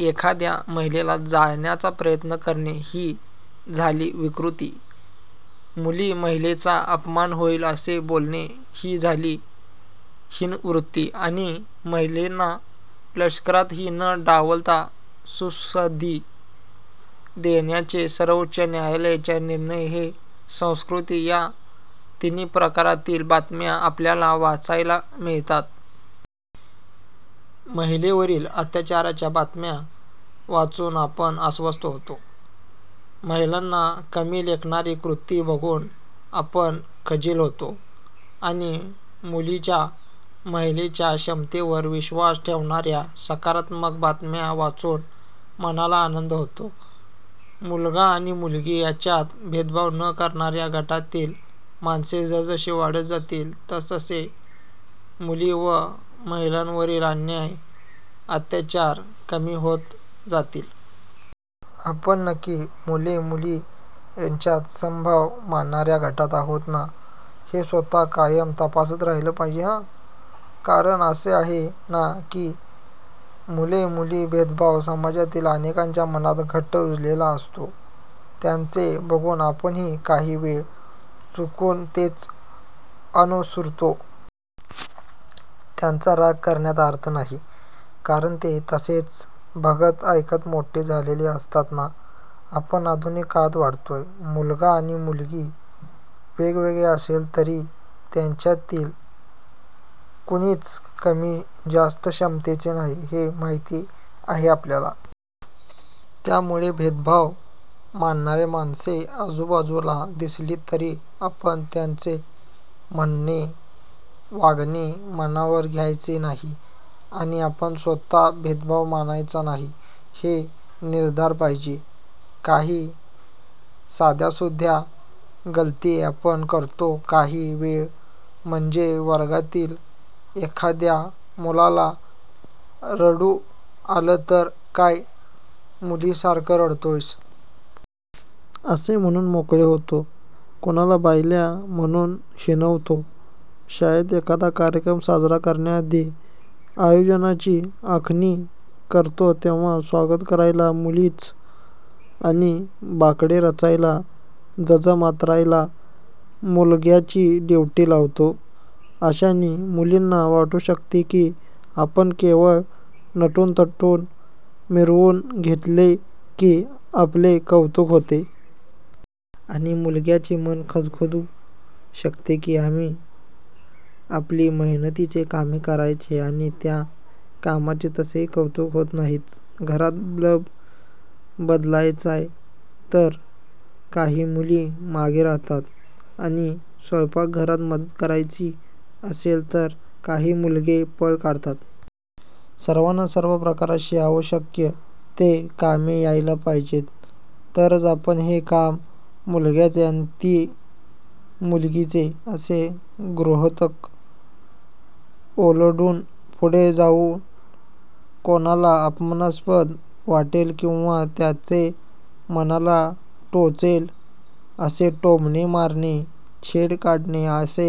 एखाद्या महिलेला जाळण्याचा प्रयत्न करणे, ही झाली विकृती. मुली-महिलांचा अपमान होईल असे बोलणे, ही झाली हीन-वृत्ती आणि महिलांना लष्करातही न डावलता, सुसंधी देण्याचा सर्वोच्च न्यायालयाचा निर्णय ही संस्कृती! या तिन्ही प्रकारांतील बातम्या आपल्याला वाचायला मिळतात. महिलांवरील अत्याचाराच्या बातम्या वाचून आपण अस्वस्थ होतो. महिलांना कमी लेखणारी कृती बघून आपण खजील होतो; आणि मुलींच्या, महिलांच्या क्षमतेवर विश्वास ठेवणाऱ्या सकारात्मक बातम्या वाचून मनाला आनंद होतो. मुलगा आणि मुलगी यांच्यात भेदभाव न करणाऱ्या गटातील माणसे जसजशी वाढत जातील, तसतसे मुली व महिलांवरील अन्याय, अत्याचार कमी होत जातील. आपण नक्की मुले-मुली यांच्यात समभाव मानणाऱ्या गटात आहोत ना, हे स्वत: कायम तपासात राहिले पाहिजे हं! कारण असे आहे ना की, मुले-मुली भेदभाव समाजातील अनेकांच्या मनात घट्ट रुजलेला असतो. त्यांचे बघून आपणही काही वेळा चुकून तेच अनुसरतो. त्यांचा राग करण्यात अर्थ नाही, कारण ते तसेच बघत, ऐकत मोठे झालेले असतात ना! आपण आधुनिक काळात वाढतोय. मुलगा आणि मुलगी वेगवेगळे असले तरी त्यांच्यातील कोणीच कमी-जास्त क्षमतेचे नाही, हे माहिती आहे आपल्याला. त्यामुळे भेदभाव मानणारी माणसे आजूबाजूला दिसली तरी आपण त्यांचे म्हणणे, वागणे मनावर घ्यायचे नाही आणि आपण स्वत: भेदभाव मानायचा नाही, हा निर्धार पाहिजे. काही साध्यासुध्या गल्लती आपण करतो काही वेळा. म्हणजे वर्गातील एखाद्या मुलाला रडू आले तर, "काय मुलीसारखं रडतोयस? " असे म्हणून मोकळे होतो. कुणाला 'बायल्या' म्हणून हिणवतो. शाळेत एखादा कार्यक्रम साजरा करण्याआधी आयोजनाची आखणी करतो तेव्हा स्वागत करायला मुलींची; आणि बाकडी रचायला, जाजम अंथरायला मुलग्यांची ड्युटी लावतो. अशाने मुलींना वाटू शकते की, आपण केवळ नटूनथटून मिरवून घेतले की आपले कौतुक होते! आणि मुलग्यांचे मन खदखदू शकते की, आम्ही आपली मेहनतीची कामे करायची आणि त्या कामाचे तसेही कौतुक होत नाहीच. घरात बल्ब बदलायचाय तर काही मुली मागे राहतात आणि स्वयंपाकघरात मदत करायची असेल तर काही मुलगे पळ काढतात. सर्वांना सर्व प्रकारची आवश्यक ती कामे यायला पाहिजेत, तरच आपण 'हे काम मुलग्याचे आणि ते मुलीचे' असे गृहीतक ओलांडून पुढे जाऊ. कुणाला अपमानास्पद वाटेल किंवा त्यांच्या मनाला टोचेल असे टोमणे मारणे, छेड काढणे असे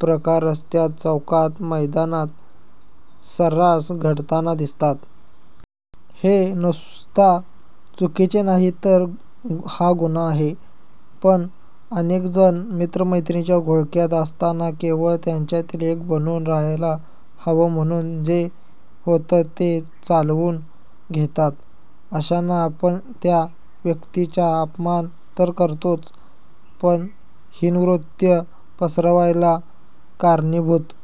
प्रकार रस्त्यात, चौकात, मैदानात सर्रास घडताना दिसतात. हे नुसते चुकीचे नाही, तर हा गुन्हा आहे. पण अनेकजण मित्र-मैत्रिणींच्या घोळक्यात असताना, केवळ त्यांच्यातील एक बनून राहायला हवे म्हणून, जे होते ते चालवून घेतात. अशाने आपण त्या व्यक्तीचा अपमान तर करतोच, पण हीन वृत्ती पसरवायला कारणीभूत